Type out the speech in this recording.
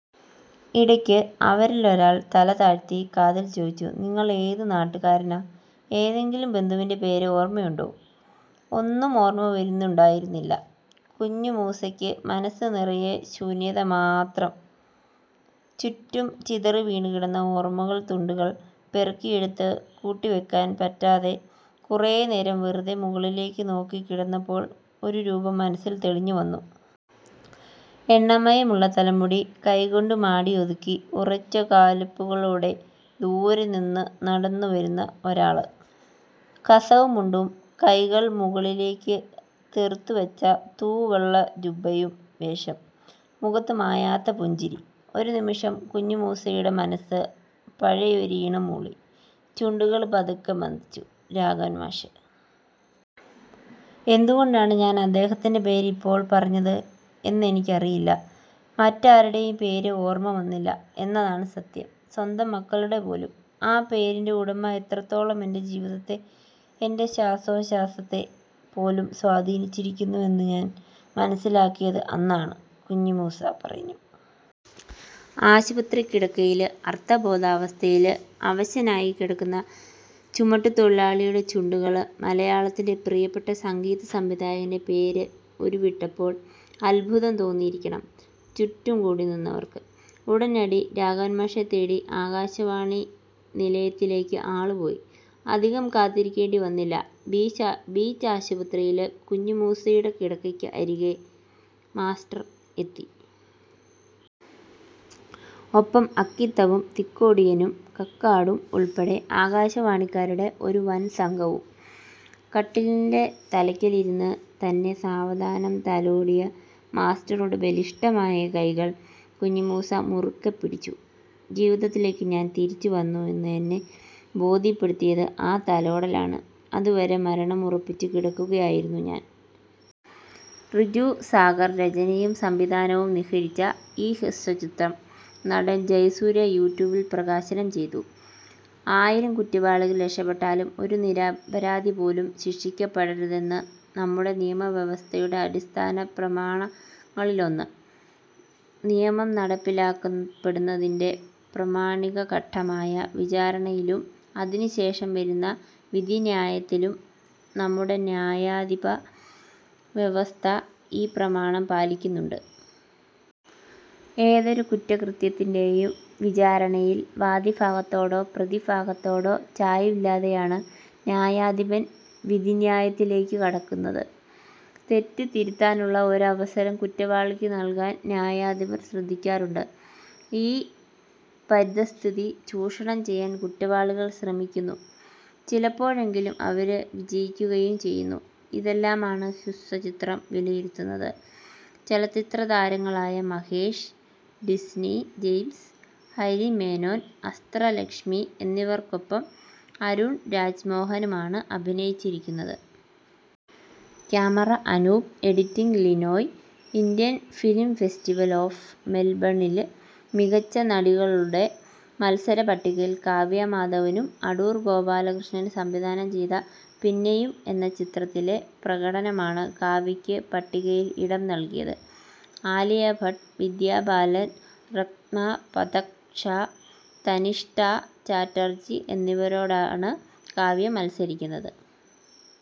ഇടയ്ക്ക് അവരില് ഒരാള് തലതാഴ്ത്തി കാതില് ചോദിച്ചു:''നിങ്ങള് ഏതു നാട്ടുകാരനാ. ഏതെങ്കിലും ബന്ധുവിന്റെ പേര് ഓര്മ്മയുണ്ടോ. '' ഒന്നും ഓര്മ്മ വരുന്നുണ്ടായിരുന്നില്ല കുഞ്ഞിമൂസയ്ക്ക്. മനസ്സ് നിറയെ ശൂന്യത മാത്രം. ചുറ്റും ചിതറിവീണുകിടന്ന ഓര്മ്മത്തുണ്ടുകള് പെറുക്കിയെടുത്തു കൂട്ടിവെക്കാന് പറ്റാതെ കുറെ നേരം വെറുതെ മുകളിലേക്ക് നോക്കിക്കിടന്നപ്പോള് ഒരു രൂപം മനസ്സില് തെളിഞ്ഞുവന്നു. എണ്ണമയമുള്ള തലമുടി കൈകൊണ്ടു മാടിയൊതുക്കി ഉറച്ച കാല് വെപ്പുകളോടെ ദൂരെ നിന്ന് നടന്നു വരുന്ന ഒരാള്. കസവു മുണ്ടും കൈകള് മുകളിലേക്ക് തെറുത്തുവച്ച തൂവെള്ള ജൂബയും വേഷം. മുഖത്ത് മായാത്ത പുഞ്ചിരി. ഒരു നിമിഷം കുഞ്ഞിമൂസയുടെ മനസ്സ് പഴയൊരീണം മൂളി. ചുണ്ടുകള് പതുക്കെ മന്ത്രിച്ചു രാഘവന് മാഷ്. ''എന്ത് കൊണ്ടാണ് ഞാന് അദ്ദേഹത്തിന്റെ പേര് അപ്പോള് പറഞ്ഞത് എന്നെനിക്കറിയില്ല. മറ്റാരുടെയും പേര് ഓര്മ്മ വന്നില്ല എന്നതാണ് സത്യം സ്വന്തം മക്കളുടെ പോലും. ആ പേരിന്റെ ഉടമ എത്രത്തോളം എന്റെ ജീവിതത്തെ, എന്റെ ശ്വാസോഛ്വാസത്തെ പോലും സ്വാധീനിച്ചിരിക്കുന്നു എന്ന് ഞാന് മനസ്സിലാക്കിയത് അന്നാണ്. '' കുഞ്ഞിമൂസ പറഞ്ഞു. ആശുപത്രിക്കിടക്കയില് അര്ദ്ധബോധാവസ്ഥയില് അവശനായി കിടക്കുന്ന ചുമട്ടു തൊഴിലാളിയുടെ ചുണ്ടുകള് മലയാളത്തിന്റെ പ്രിയപ്പെട്ട സംഗീത സംവിധായകന്റെ പേര് ഉരുവിട്ടപ്പോള് അത്ഭുതം തോന്നിയിരിക്കണം ചുറ്റും കൂടിനിന്നവര്ക്ക്. ഉടനടി രാഘവന് മാഷെ തേടി ആകാശവാണി നിലയത്തിലേക്ക് ആളു പോയി. അധികം കാത്തിരിക്കേണ്ടി വന്നില്ല. ബീച്ച് ബീച്ചാശുപത്രിയില് കുഞ്ഞിമൂസയുടെ കിടക്കയ്ക്ക് അരികെ മാസ്റ്റര് എത്തി. ഒപ്പം അക്കിത്തവും തിക്കോടിയനും കക്കാടും ഉള്പ്പെടെ ആകാശവാണിക്കാരുടെ ഒരു വന് സംഘവും. കട്ടിലിന്റെ തലയ്ക്കലിരുന്നു തന്നെ സാവധാനം തലോടിയ മാസ്റ്ററുടെ ബലിഷ്ടമായ കൈകള് കുഞ്ഞിമൂസ മുറുക്കെ പിടിച്ചു. ''ജീവിതത്തിലേക്ക് ഞാന് തിരിച്ചു വന്നു എന്ന് എന്നെ ബോധ്യപ്പെടുത്തിയത് ആ തലോടലാണ്. അതുവരെ മരണം ഉറപ്പിച്ചു കിടക്കുകയായിരുന്നു ഞാന്. റിജു സാഗര് രചനയും സംവിധാനവും നിര്വഹിച്ച ഈ ഹ്രസ്വചിത്രം നടന് ജയസൂര്യ യൂട്യൂബില് പ്രകാശനം ചെയ്തു. ആയിരം കുറ്റവാളികള് രക്ഷപ്പെട്ടാലും ഒരു നിരപരാധി പോലും ശിക്ഷിക്കപ്പെടരുതെന്നത് നമ്മുടെ നിയമ വ്യവസ്ഥയുടെ അടിസ്ഥാന പ്രമാണങ്ങളിലൊന്ന്. നിയമം നടപ്പിലാക്കപ്പെടുന്നതിന്റെ പ്രാമാണിക ഘട്ടമായ വിചാരണയിലും അതിനുശേഷം വരുന്ന വിധിന്യായത്തിലും നമ്മുടെ ന്യായാധിപ വ്യവസ്ഥ ഈ പ്രമാണം പാലിക്കുന്നുണ്ട്. ഏതൊരു കുറ്റകൃത്യത്തിന്റെയും വിചാരണയിൽ വാദിഭാഗത്തോടോ പ്രതിഭാഗത്തോടോ ചായ്വില്ലാതെയാണ് ന്യായാധിപന് വിധിന്യായത്തിലേക്ക് കടക്കുന്നത്. തെറ്റ് തിരുത്താനുള്ള ഒരവസരം കുറ്റവാളിക്ക് നല്കാന് ന്യായാധിപര് ശ്രദ്ധിക്കാറുണ്ട്. ഈ പരിതസ്ഥിതി ചൂഷണം ചെയ്യാന് കുറ്റവാളികൾ ശ്രമിക്കുന്നു. ചിലപ്പോഴെങ്കിലും അവര് വിജയിക്കുകയും ചെയ്യുന്നു. ഇതെല്ലാമാണ് ഹ്രസ്വചിത്രം വിലയിരുത്തുന്നത്. ചലച്ചിത്രതാരങ്ങളായ Mahesh, Disney James, Hari Menon, Astra Lakshmi, എന്നിവര്ക്കൊപ്പം Arun രാജ്മോഹനുമാണ് അഭിനയിച്ചിരിക്കുന്നത്. ക്യാമറ:അനൂപ്, എഡിറ്റിങ്:ലിനോയ്. Indian film festival of മെല്ബണില് മികച്ച നടികളുടെ മത്സര പട്ടികയില് കാവ്യ മാധവനും. അടൂര് ഗോപാലകൃഷ്ണന് സംവിധാനം ചെയ്ത പിന്നെയും എന്ന ചിത്രത്തിലെ പ്രകടനമാണ് കാവ്യയ്ക്ക് പട്ടികയില് ഇടം നല്കിയത്. ആലിയ ഭട്ട്, വിദ്യാ ബാലന്, റത്ന പഥക് ഷാ, തനിഷ്ഠ ചാറ്റര്ജി എന്നിവരോടാണ് കാവ്യ മത്സരിക്കുന്നത്.